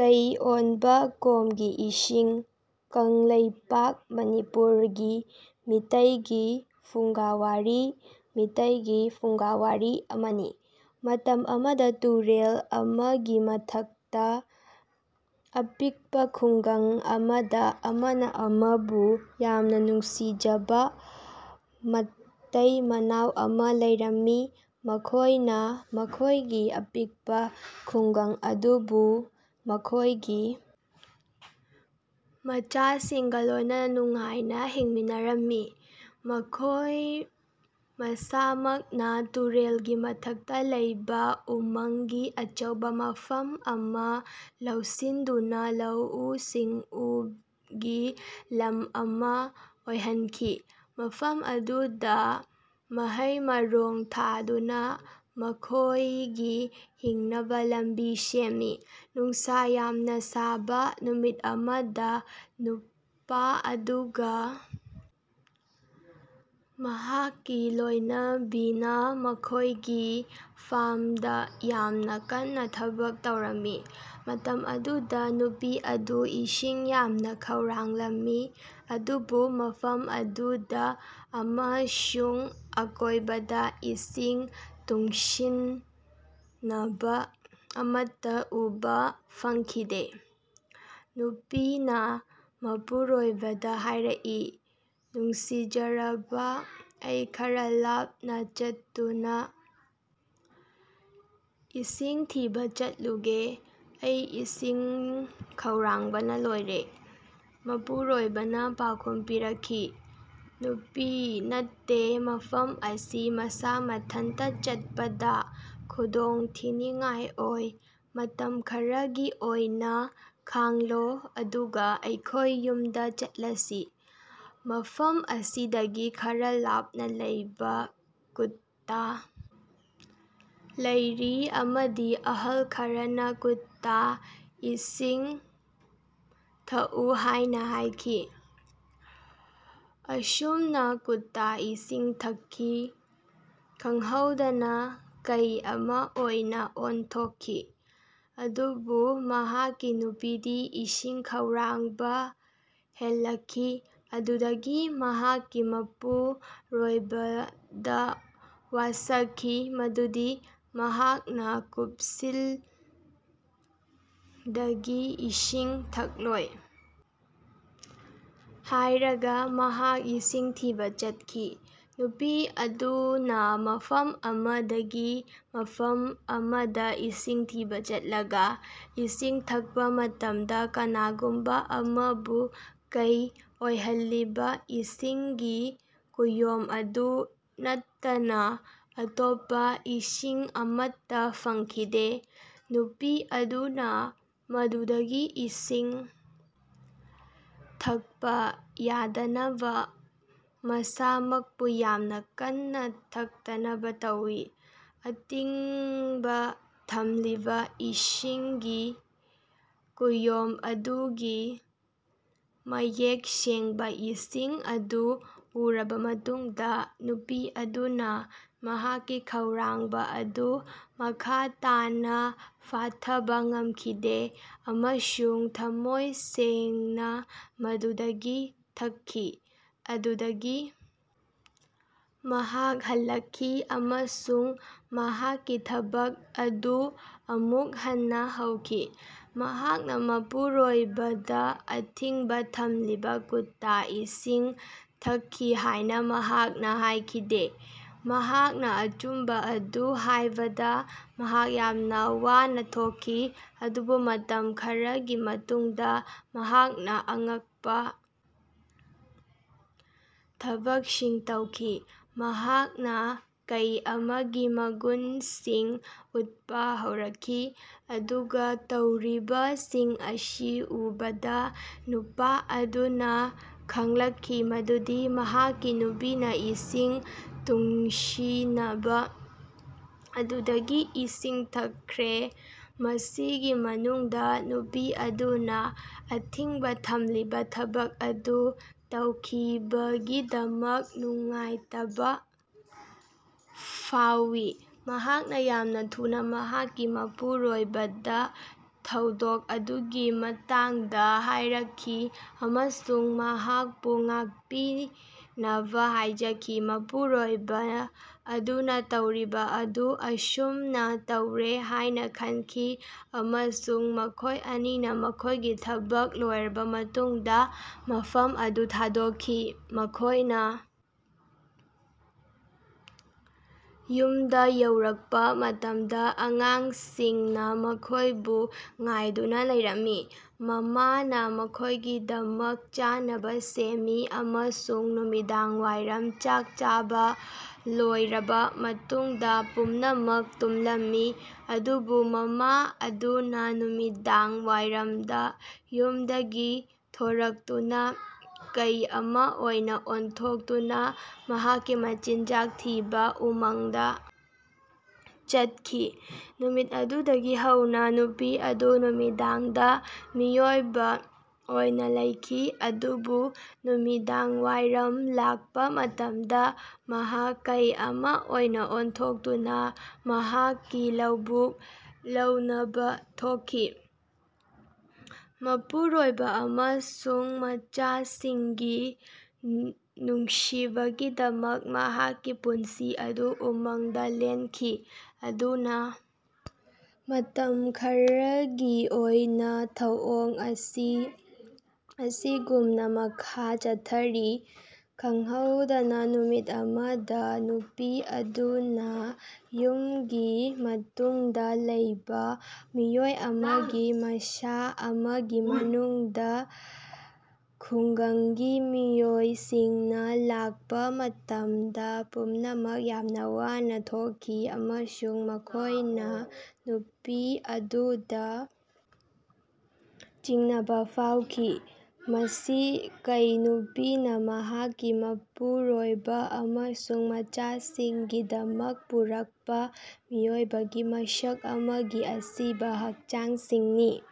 ꯀꯩ ꯑꯣꯟꯕ ꯀꯣꯝꯒꯤ ꯏꯁꯤꯡ ꯀꯪꯂꯩꯄꯥꯛ (ꯃꯅꯤꯄꯨꯔ) ꯒꯤ ꯃꯤꯇꯩꯒꯤ ꯐꯨꯡꯒꯥꯋꯥꯔꯤ (ꯃꯩꯇꯩꯒꯤ ꯐꯨꯡꯒꯥꯋꯥꯔꯤ) ꯑꯃꯅꯤ꯫ ꯃꯇꯝ ꯑꯃꯗꯥ ꯇꯨꯔꯦꯜ ꯑꯃꯒꯤ ꯃꯊꯛꯇ ꯑꯄꯤꯛꯄꯥ ꯈꯨꯡꯒꯪ ꯑꯃꯗ ꯑꯃꯅ ꯑꯃꯕꯨ ꯌꯥꯝꯅ ꯅꯨꯡꯁꯤꯖꯕ ꯃꯇꯩꯃꯅꯥꯎ ꯑꯃ ꯂꯩꯔꯝꯃꯤ꯫ ꯃꯈꯣꯏꯅ ꯃꯈꯣꯏꯒꯤ ꯑꯄꯤꯛꯄꯥ ꯈꯨꯡꯒꯪ ꯑꯗꯨꯗ ꯃꯈꯣꯏꯒꯤ ꯃꯆꯥꯁꯤꯡꯒ ꯂꯣꯏꯅꯅ ꯅꯨꯡꯉꯥꯏꯅ ꯍꯤꯡꯃꯤꯟꯅꯔꯝꯃꯤ꯫ ꯃꯈꯣꯏ ꯃꯁꯥꯃꯛꯅ ꯇꯨꯔꯦꯜꯒꯤ ꯃꯊꯛꯇ ꯂꯩꯕ ꯎꯃꯪꯒꯤ ꯑꯆꯧꯕ ꯃꯐꯝ ꯑꯃ ꯂꯧꯁꯤꯟꯗꯨꯅꯥ ꯂꯧꯎ-ꯁꯤꯡꯎꯒꯤ ꯂꯝ ꯑꯃ ꯑꯣꯏꯍꯟꯈꯤ꯫ ꯃꯐꯝ ꯑꯗꯨꯗ ꯃꯍꯩ-ꯃꯔꯣꯡ ꯊꯥꯗꯨꯅ ꯃꯈꯣꯏꯒꯤ ꯍꯤꯡꯅꯕꯒꯤ ꯂꯝꯕꯤ ꯁꯦꯝꯃꯤ꯫ ꯅꯨꯡꯁꯥ ꯌꯥꯝꯅ ꯁꯥꯕ ꯅꯨꯃꯤꯠ ꯑꯃꯗ ꯅꯨꯄꯥ ꯑꯗꯨꯒ ꯃꯍꯥꯛꯀꯤ ꯂꯣꯏꯅꯕꯤꯅ ꯃꯈꯣꯏꯒꯤ ꯐꯥꯔ꯭ꯝꯗ ꯌꯥꯝꯅ ꯀꯟꯅ ꯊꯕꯛ ꯇꯧꯔꯝꯃꯤ꯫ ꯃꯇꯝ ꯑꯗꯨꯗ ꯅꯨꯄꯤ ꯑꯗꯨ ꯏꯁꯤꯡ ꯌꯥꯝꯅ ꯈꯧꯔꯥꯡꯂꯝꯃꯤ ꯑꯗꯨꯕꯨ ꯃꯐꯝ ꯑꯗꯨꯗ ꯑꯃꯁꯨꯡ ꯑꯀꯣꯏꯕꯗ ꯏꯁꯤꯡ ꯇꯨꯡꯁꯤꯅꯕꯥ ꯑꯃꯠꯇ ꯎꯕ ꯐꯪꯈꯤꯗꯦ꯫ ꯅꯨꯄꯤꯅ ꯃꯄꯨꯔꯣꯏꯕꯗ ꯍꯥꯌꯔꯛꯏ, "ꯅꯨꯡꯁꯤꯖꯔꯕ, ꯑꯩ ꯈꯔ ꯂꯥꯞꯅ ꯆꯠꯇꯨꯅ ꯏꯁꯤꯡ ꯊꯤꯕꯥ ꯆꯠꯂꯨꯒꯦ꯫ ꯑꯩ ꯏꯁꯤꯡ ꯈꯧꯔꯥꯡꯕꯅ ꯂꯣꯏꯔꯦ"꯫ ꯃꯄꯨꯔꯣꯏꯕꯅꯥ ꯄꯥꯎꯈꯨꯝ ꯄꯤꯔꯛꯈꯤ, "ꯅꯨꯄꯤ ꯅꯠꯇꯦ, ꯃꯐꯝ ꯑꯁꯤ ꯃꯁꯥ ꯃꯊꯟꯇꯥ ꯆꯠꯄꯗ ꯈꯨꯗꯣꯡꯊꯤꯅꯤꯡꯉꯥꯏ ꯑꯣꯏ꯫ ꯃꯇꯝ ꯈꯔꯒꯤ ꯑꯣꯏꯅ ꯈꯥꯡꯂꯣ ꯑꯗꯨꯒ ꯑꯩꯈꯣꯏ ꯌꯨꯝꯗ ꯆꯠꯂꯁꯤ꯫ ꯃꯐꯝ ꯑꯁꯤꯗꯒꯤ ꯈꯔ ꯂꯥꯞꯅ ꯂꯩꯕ ꯀꯨꯠꯇꯥ ꯂꯩꯔꯤ ꯑꯃꯗ ꯑꯍꯜ ꯈꯔꯅ ꯀꯨꯠꯇꯥ ꯏꯁꯤꯡ ꯊꯛꯎ ꯍꯥꯏꯅ ꯍꯥꯏꯈꯤ꯫ ꯑꯁꯨꯝꯅ ꯀꯨꯠꯇꯥ ꯏꯁꯤꯡ ꯊꯛꯈꯤ, ꯈꯪꯍꯧꯗꯅ ꯀꯩ ꯑꯃ ꯑꯣꯏꯅ ꯑꯣꯟꯊꯣꯛꯈꯤ"꯫ ꯑꯗꯨꯕꯨ ꯃꯍꯥꯛꯀꯤ ꯅꯨꯄꯤꯗꯤ ꯏꯁꯤꯡ ꯈꯧꯔꯥꯡꯕ ꯍꯦꯂꯛꯈꯤ ꯑꯗꯨꯗꯒꯤ ꯃꯍꯥꯛꯀꯤ ꯃꯄꯨꯔꯣꯏꯕꯗ ꯋꯥꯁꯛꯈꯤ ꯃꯗꯨꯗꯤ ꯃꯍꯥꯛꯅ ꯀꯨꯞꯁꯤꯜꯗꯒꯤ ꯏꯁꯤꯡ ꯊꯛꯂꯣꯏ ꯍꯥꯢꯔꯒ ꯃꯍꯥꯛ ꯏꯁꯤꯡ ꯊꯤꯕ ꯆꯠꯈꯤ꯫ ꯅꯨꯄꯤ ꯑꯗꯨꯅ ꯃꯐꯝ ꯑꯃꯗꯒꯤ ꯃꯐꯝ ꯑꯃꯗ ꯏꯁꯤꯡ ꯊꯤꯕꯥ ꯆꯠꯂꯒ ꯏꯁꯤꯡ ꯊꯛꯄ ꯃꯇꯝꯗ ꯀꯅꯥꯒꯨꯝꯕ ꯑꯃꯕꯨ ꯀꯩ ꯑꯣꯏꯍꯜꯂꯤꯕ ꯏꯁꯤꯡꯒꯤ ꯀꯨꯌꯣꯝ ꯑꯗꯨ ꯅꯠꯇꯅ ꯑꯇꯣꯞꯄ ꯏꯁꯤꯡ ꯑꯃꯠꯇ ꯐꯪꯈꯤꯗꯦ꯫ ꯅꯨꯄꯤ ꯑꯗꯨꯅ ꯃꯗꯨꯗꯒꯤ ꯏꯁꯤꯡ ꯊꯛꯄ ꯌꯥꯗꯅꯕ ꯃꯁꯥꯃꯛꯄꯨ ꯌꯥꯝꯅ ꯀꯟꯅ ꯊꯛꯇꯅꯕ ꯇꯧꯏ꯫ ꯑꯊꯤꯡꯕ ꯊꯝꯂꯤꯕ ꯏꯁꯤꯡꯒꯤ ꯀꯨꯌꯣꯝ ꯑꯗꯨꯒꯤ ꯃꯌꯦꯛ ꯁꯦꯡꯕꯥ ꯏꯁꯤꯡ ꯑꯗꯨ ꯎꯔꯕ ꯃꯇꯨꯡꯗ ꯅꯨꯄꯤ ꯑꯗꯨꯅ ꯃꯍꯥꯛꯀꯤ ꯈꯧꯔꯥꯡꯕ ꯑꯗꯨ ꯃꯈꯥ ꯇꯥꯅꯥ ꯐꯥꯊꯕ ꯉꯝꯈꯤꯗꯦ꯫ ꯑꯃꯁꯨꯡ ꯊꯝꯃꯣꯏ ꯁꯦꯡꯅ ꯃꯗꯨꯗꯒꯤ ꯊꯛꯈꯤ꯫ ꯑꯗꯨꯗꯒꯤ ꯃꯍꯥꯛ ꯍꯜꯂꯛꯈꯤ ꯑꯃꯁꯨꯡ ꯃꯍꯥꯛꯀꯤ ꯊꯕꯛ ꯑꯗꯨ ꯑꯃꯨꯛ ꯍꯟꯅ ꯍꯧꯈꯤ꯫ ꯃꯍꯥꯛꯅ ꯃꯄꯨꯔꯣꯏꯕꯗ ꯑꯊꯤꯡꯕ ꯊꯝꯂꯤꯕ ꯀꯨꯠꯇꯥ ꯏꯁꯤꯡ ꯊꯛꯈꯤ ꯍꯥꯏꯅ ꯃꯍꯥꯛꯅ ꯍꯥꯏꯈꯤꯗꯦ꯫ ꯃꯍꯥꯛꯅ ꯑꯆꯨꯝꯕ ꯑꯗꯨ ꯍꯥꯏꯕꯗ ꯃꯍꯥꯛ ꯌꯥꯝꯅ ꯋꯥꯅ ꯊꯣꯛꯈꯤ꯫ ꯑꯗꯨꯕꯨ ꯃꯇꯝ ꯈꯔꯒꯤ ꯃꯇꯨꯡꯗ ꯃꯍꯥꯛꯅ ꯑꯉꯛꯄ ꯊꯕꯛꯁꯤꯡ ꯇꯧꯈꯤ꯫ ꯃꯍꯥꯛꯅ ꯀꯩ ꯑꯃꯒꯤ ꯃꯒꯨꯟꯁꯤꯡ ꯎꯠꯄ ꯍꯧꯔꯛꯈꯤ꯫ ꯑꯗꯨꯒ ꯇꯧꯔꯤꯕꯁꯤꯡ ꯑꯁꯤ ꯎꯕꯗ ꯅꯨꯄꯥ ꯑꯗꯨꯅ ꯈꯪꯂꯛꯈꯤ ꯃꯗꯨꯗꯤ ꯃꯍꯥꯛꯀꯤ ꯅꯨꯄꯤꯅ ꯏꯁꯤꯡ ꯇꯨꯡꯁꯤꯅꯕ ꯑꯗꯨꯗꯒꯤ ꯏꯁꯤꯡ ꯊꯛꯈ꯭ꯔꯦ꯫ ꯃꯁꯤꯒꯤ ꯃꯅꯨꯡꯗ ꯅꯨꯄꯤ ꯑꯗꯨꯅ ꯑꯊꯤꯡꯕ ꯊꯝꯂꯤꯕ ꯊꯕꯛ ꯑꯗꯨ ꯇꯧꯈꯤꯕꯒꯤꯗꯃꯛ ꯅꯨꯡꯉꯥꯏꯇꯕ ꯐꯥꯎꯏ꯫ ꯃꯍꯥꯛꯅ ꯌꯥꯝꯅ ꯊꯨꯅ ꯃꯍꯥꯛꯀꯤ ꯃꯄꯨꯔꯣꯏꯕꯗ ꯊꯧꯗꯣꯛ ꯑꯗꯨꯒꯤ ꯃꯇꯥꯡꯗ ꯍꯥꯏꯔꯛꯈꯤ ꯑꯃꯁꯨꯡ ꯃꯍꯥꯛꯄꯨ ꯉꯥꯛꯄꯤꯅꯕ ꯍꯥꯏꯖꯈꯤ꯫ ꯃꯄꯨꯔꯣꯏꯕ ꯑꯗꯨꯅ ꯇꯧꯔꯤꯕ ꯑꯗꯨ ꯑꯁꯨꯝꯅꯥ ꯇꯧꯔꯦ ꯍꯥꯏꯅ ꯈꯟꯈꯤ ꯑꯃꯁꯨꯡ ꯃꯈꯣꯏ ꯑꯅꯤꯅ ꯃꯈꯣꯏꯒꯤ ꯊꯕꯛ ꯂꯣꯏꯔꯕ ꯃꯇꯨꯡꯗ ꯃꯐꯝ ꯑꯗꯨ ꯊꯥꯗꯣꯛꯈꯤ꯫ ꯃꯈꯣꯏꯅ ꯌꯨꯝꯗ ꯌꯧꯔꯛꯄ ꯃꯇꯝꯗ ꯑꯉꯥꯡꯁꯤꯡꯅ ꯃꯈꯣꯏꯕꯨ ꯉꯥꯏꯗꯨꯅ ꯂꯩꯔꯝꯃꯤ꯫ ꯃꯃꯥꯅ ꯃꯈꯣꯏꯒꯤꯗꯃꯛ ꯆꯥꯅꯕ ꯁꯦꯝꯃꯤ ꯑꯃꯁꯨꯡ ꯅꯨꯃꯤꯗꯥꯡꯋꯥꯏꯔꯝ ꯆꯥꯛ ꯆꯥꯕ ꯂꯣꯏꯔꯕ ꯃꯇꯨꯡꯗꯥ ꯄꯨꯝꯅꯃꯛ ꯇꯨꯝꯂꯝꯃꯤ꯫ ꯑꯗꯨꯕꯨ ꯃꯃꯥ ꯑꯗꯨꯅ ꯅꯨꯃꯤꯗꯥꯡꯋꯥꯏꯔꯝꯗ ꯌꯨꯝꯗꯒꯤ ꯊꯣꯔꯛꯇꯨꯅ ꯀꯩ ꯑꯃ ꯑꯣꯏꯅ ꯑꯣꯟꯊꯣꯛꯇꯨꯅ ꯃꯍꯥꯛꯀꯤ ꯃꯆꯤꯟꯖꯥꯛ ꯊꯤꯅꯕ ꯎꯃꯪꯗ ꯆꯠꯈꯤ꯫ ꯅꯨꯃꯤꯠ ꯑꯗꯨꯗꯒꯤ ꯍꯧꯅꯥ ꯅꯨꯄꯤ ꯑꯗꯨ ꯅꯨꯃꯤꯗꯥꯡꯗ ꯃꯤꯑꯣꯏꯕ ꯑꯣꯏꯅ ꯂꯩꯈꯤ ꯑꯗꯨꯕꯨ ꯅꯨꯃꯤꯗꯥꯡꯋꯥꯏꯔꯝ ꯂꯥꯛꯄ ꯃꯇꯝꯗ ꯃꯍꯥꯛ ꯀꯩ ꯑꯃ ꯑꯣꯏꯅ ꯑꯣꯟꯊꯣꯛꯇꯨꯅ ꯃꯍꯥꯛꯀꯤ ꯂꯧꯕꯨꯛ ꯂꯧꯅꯕ ꯊꯣꯛꯈꯤ꯫ ꯃꯄꯨꯔꯣꯏꯕ ꯑꯃꯁꯨꯡ ꯃꯆꯥꯁꯤꯡꯒꯤ ꯅꯨꯡꯁꯤꯕꯒꯤꯗꯃꯛ ꯃꯍꯥꯛꯀꯤ ꯄꯨꯟꯁꯤ ꯑꯗꯨ ꯎꯃꯪꯗ ꯂꯦꯟꯈꯤ꯫ ꯑꯗꯨꯅ ꯃꯇꯝ ꯈꯔꯒꯤ ꯑꯣꯏꯅ ꯊꯧꯑꯣꯡ ꯑꯁꯤ ꯑꯁꯤꯒꯨꯝꯅ ꯃꯈꯥ ꯆꯠꯊꯔꯤ꯫ ꯈꯪꯍꯧꯗꯅ ꯅꯨꯃꯤꯠ ꯑꯃꯗ ꯅꯨꯄꯤ ꯑꯗꯨꯒꯤ ꯌꯨꯝꯒꯤ ꯃꯇꯨꯡꯗ ꯂꯩꯕ ꯃꯤꯑꯣꯏ ꯑꯃꯒꯤ ꯃꯁꯥ ꯑꯃꯒꯤ ꯃꯅꯨꯡꯗ ꯈꯨꯡꯒꯪꯒꯤ ꯃꯤꯑꯣꯏꯁꯤꯡꯅ ꯂꯥꯛꯄ ꯃꯇꯝꯗ ꯄꯨꯝꯅꯃꯛ ꯌꯥꯝꯅ ꯋꯥꯅ ꯊꯣꯛꯈꯤ ꯑꯃꯁꯨꯡ ꯃꯈꯣꯏꯅ ꯅꯨꯄꯤ ꯑꯗꯨꯗ ꯆꯤꯡꯅꯕ ꯐꯥꯎꯈꯤ꯫ ꯃꯁꯤ ꯀꯩ - ꯅꯨꯄꯤꯅ ꯃꯍꯥꯛꯀꯤ ꯃꯄꯨꯔꯣꯏꯕ ꯑꯃꯁꯨꯡ ꯃꯆꯥꯁꯤꯡꯒꯤꯗꯃꯛ ꯄꯨꯔꯛꯄ ꯃꯤꯑꯣꯏꯕꯒꯤ ꯃꯁꯛ ꯑꯃꯒꯤ ꯑꯁꯤꯕꯥ ꯍꯛꯆꯥꯡꯁꯤꯡꯅꯤ꯫